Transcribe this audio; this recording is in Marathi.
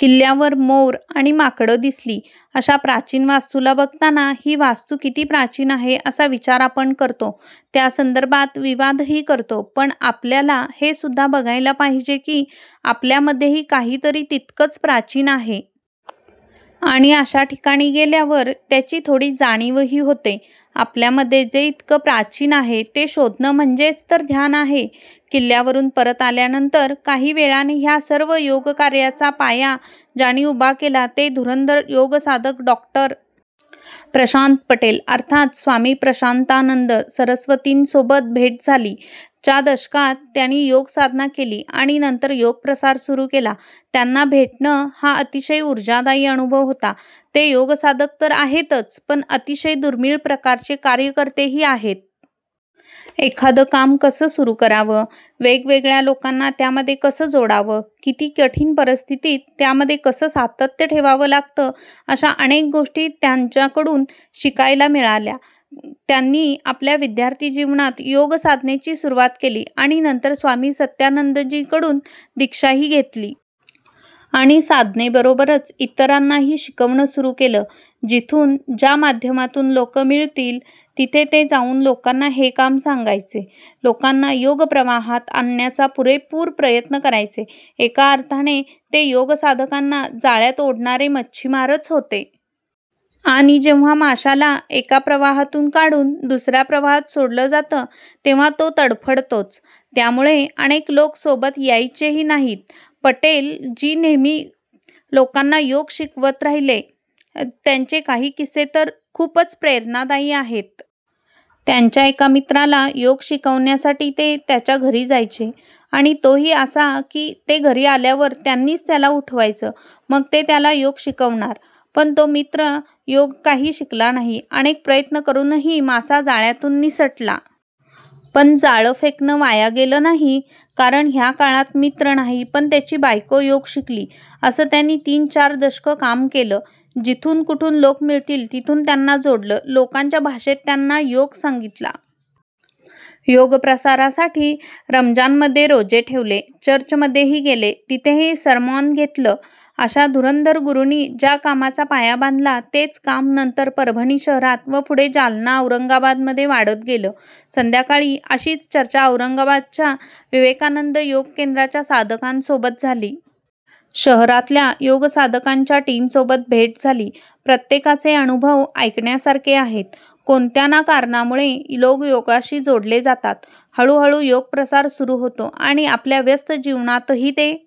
किल्ल्यावर मोर आणि माकडं दिसली. अशा प्राचीन वास्तूला बघताना ही वास्तू किती प्राचीन आहे, असा विचार आपण करतो; त्यासंदर्भात विवादही करतो. पण आपल्याला हेसुद्धा बघायला पाहिजे की, आपल्यामध्येही काही तरी तितकंच प्राचीन आहे. आणि अशा ठिकाणी गेल्यावर त्याची थोडी जाणीवही होते. आपल्यामध्ये जे इतकं प्राचीन आहे, ते शोधणं म्हणजेच तर ध्यान आहे! किल्ल्यावरून परत आल्यानंतर काही वेळाने ह्या सर्व योग कार्याचा पाया ज्यांनी उभा केला ते धुरंधर योग साधक डॉ. प्रशांत पटेल अर्थात् स्वामी प्रशांतानंद सरस्वतींसोबत भेट झाली. च्या दशकात त्यांनी योग साधना केली आणि नंतर योग प्रसार सुरू केला. त्यांना भेटणं हा अतिशय ऊर्जादायी अनुभव होता. ते योग साधक तर आहेतच, पण अतिशय दुर्मिळ प्रकारचे कार्यकर्तेही आहेत. एखादं काम कसं सुरू करावं, वेगवेगळ्या लोकांना त्यामध्ये कसं जोडावं, किती कठीण परिस्थितीत त्यामध्ये कसं सातत्य ठेवावं लागतं, अशा अनेक गोष्टी त्यांह्याकडून शिकायला मिळाल्या. त्यांनी आपल्या विद्यार्थी जीवनात योग साधनेची सुरुवात केली आणि नंतर स्वामी सत्यानंदजींकडून दीक्षाही घेतली. आणि साधनेबरोबरच इतरांनाही शिकवणं सुरू केलं. जिथून, ज्या माध्यमातून लोक मिळतील, तिथे ते जाऊन लोकांना हे काम सांगायचे, लोकांना योग- प्रवाहात आणण्याचा पुरेपूर प्रयत्न करायचे. एका अर्थाने ते योग- साधकांना जाळ्यात ओढणारे मच्छीमारच होते! आणि जेव्हा माशाला एका प्रवाहातून काढून दुस-या प्रवाहात सोडलं जातं, तेव्हा तो तडफडतोच! त्यामुळे अनेक लोक सोबत यायचेही नाहीत. पटेल जी नेहमी लोकांना योग शिकवत राहिले. त्यांचे काही किस्से तर खूपच प्रेरणादायी आहेत. त्यांच्या एका मित्राला योग शिकवण्यासाठी ते त्याच्या घरी जायचे. आणि तोही असा की, ते घरी आल्यावर त्यांनीच त्याला उठवायचं. मग ते त्याला योग शिकवणार. पण तो मित्र योग काही शिकला नाही! अनेक प्रयत्न करूनही मासा जाळ्यातून निसटला. पण जाळं फेकणं वाया गेलं नाही, कारण ह्या काळात मित्र नाही, पण त्याची बायको योग शिकली! असं त्यांनी तीन- चार दशक काम केलं. जिथून कुठून लोक मिळतील, तिथून त्यांना जोडलं. लोकांच्या भाषेत त्यांना योग सांगितला. योग प्रसारासाठी रमज़ानमध्ये रोजे ठेवले, चर्चमध्येही गेले; तिथेही सरमॉन घेतलं! अशा धुरंधर गुरूंनी ज्या कामाचा पाया बांधला, तेच काम नंतर परभणी शहरात व पुढे जालना- औरंगाबादमध्ये वाढत गेलं! संध्याकाळी अशीच चर्चा औरंगाबादच्या विवेकानंद योग केंद्राच्या साधकांसोबत झाली. शहरातल्या योग साधकांच्या टीमसोबत भेट झाली. प्रत्येकाचे अनुभव ऐकण्यासारखे आहेत. कोणत्या ना कारणामुळे लोक योगाशी जोडले जातात. हळु हळु योग प्रसार सुरू होतो. आणि आपल्या व्यस्त जीवनातही ते